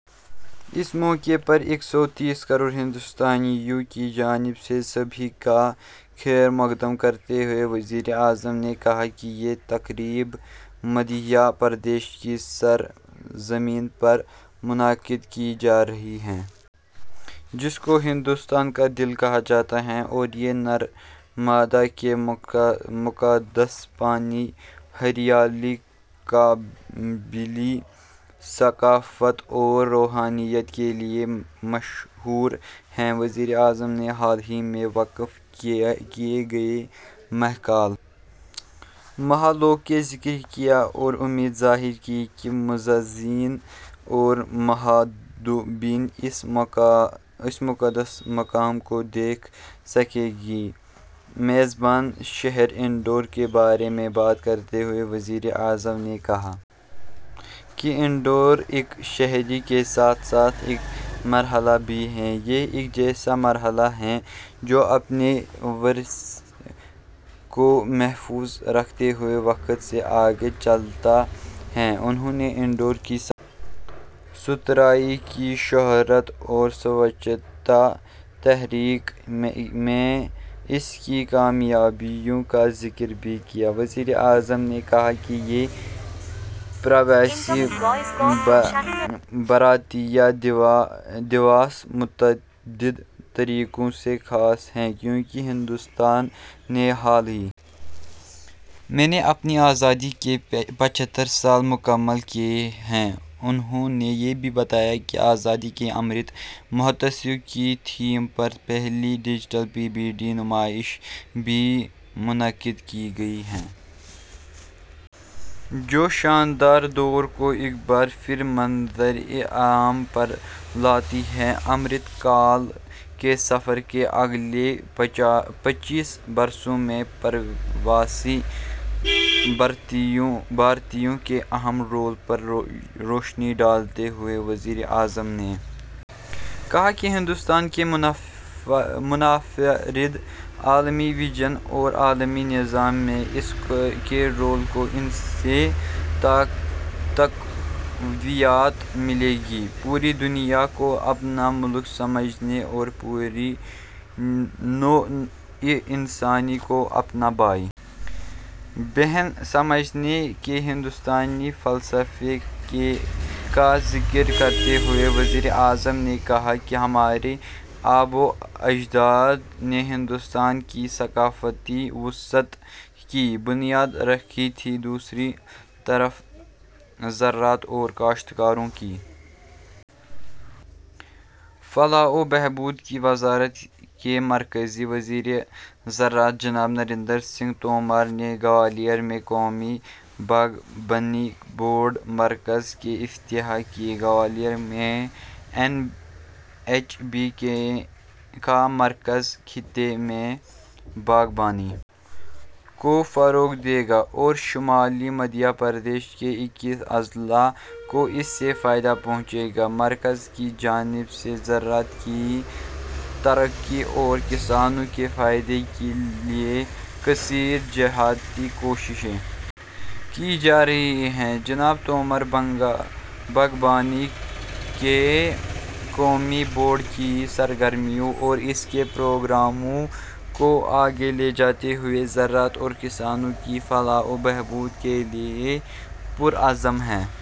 اس موقع پر ایک سو تیس کروڑ ہندوستانیوں کی جانب سے سبھی کا خیرمقدم کرتے ہوئے وزیر اعظم نے کہا کہ یہ تقریب مدھیہ پردیش کی سرزمین پر منعقد کی جا رہی ہے جس کو ہندوستان کا دل کہا جاتا ہے اور یہ نرمدا کے مقدس پانی ہریالی قبائلی ثقافت اور روحانیت کے لیے مشہور ہے وزیر اعظم نے حال ہی میں وقف کیے گئے مہاکال مہا لوک کا ذکر کیا اور امید ظاہر کی کہ معززین اور مندوبین اس مقدس مقام کو دیکھ سکیں گے میزبان شہر اندور کے بارے میں بات کرتے ہوئے وزیر اعظم نے کہا کہ اندور ایک شہر کے ساتھ ساتھ ایک مرحلہ بھی ہے یہ ایک ایسا مرحلہ ہے جو اپنے ورثے کو محفوظ رکھتے ہوئے وقت سے آگے چلتا ہے انہوں نے اندور کی صفائی ستھرائی کی شہرت اور سووچھتا تحریک میں اس کی کامیابیوں کا ذکر بھی کیا وزیر اعظم نے کہا کہ یہ پرواسی بھارتیہ دِوس متعدد طریقوں سے خاص ہے کیونکہ ہندوستان نے حال ہی میں اپنی آزادی کے پچھتر سال مکمل کیے ہیں انہوں نے یہ بھی بتایا کہ آزادی کا امرت مہوتسو کی تھیم پر پہلی ڈیجیٹل پی بی ڈی نمائش بھی منعقد کی گئی ہے جو شاندار دور کو ایک بار پھر منظر عام پر لاتی ہے امرت کال کے سفر کے اگلے پچیس برسوں میں پرواسی بھارتیوں کے اہم رول پر روشنی ڈالتے ہوئے وزیر اعظم نے کہا کہ ہندوستان کے منفرد عالمی وژن اور عالمی نظام میں اس کے رول کو ان سے تقویت ملے گی پوری دنیا کو اپنا ملک سمجھنے اور پوری نوع انسانی کو اپنے بھائی بہن سمجھنے کے ہندوستانی فلسفے کا ذکر کرتے ہوئے وزیر اعظم نے کہا کہ ہمارے آبا و اجداد نے ہندوستان کی ثقافتی توسیع کی بنیاد رکھی تھی دوسری طرف زراعت اور کاشتکاروں کی فلاح و بہبود کی وزارت کے مرکزی وزیر زراعت جناب نریندر سنگھ تومر نے گوالیر میں قومی باغبانی بورڈ مرکز کا افتتاح کیا گوالیر میں این ایچ بی کا مرکز خطے میں باغبانی کو فروغ دے گا اور شمالی مدھیہ پردیش کے اکیس اضلاع کو اس سے فائدہ پہنچے گا مرکز کی جانب سے زراعت کی ترقی اور کسانوں کے فائدے کے لیے کثیر جہتی کوششیں کی جا رہی ہیں جناب تومر باغبانی کے قومی بورڈ کی سرگرمیوں اور اس کے پروگراموں کو آگے لے جاتے ہوئے زراعت اور کسانوں کی بہبود کے لیے پرعزم ہیں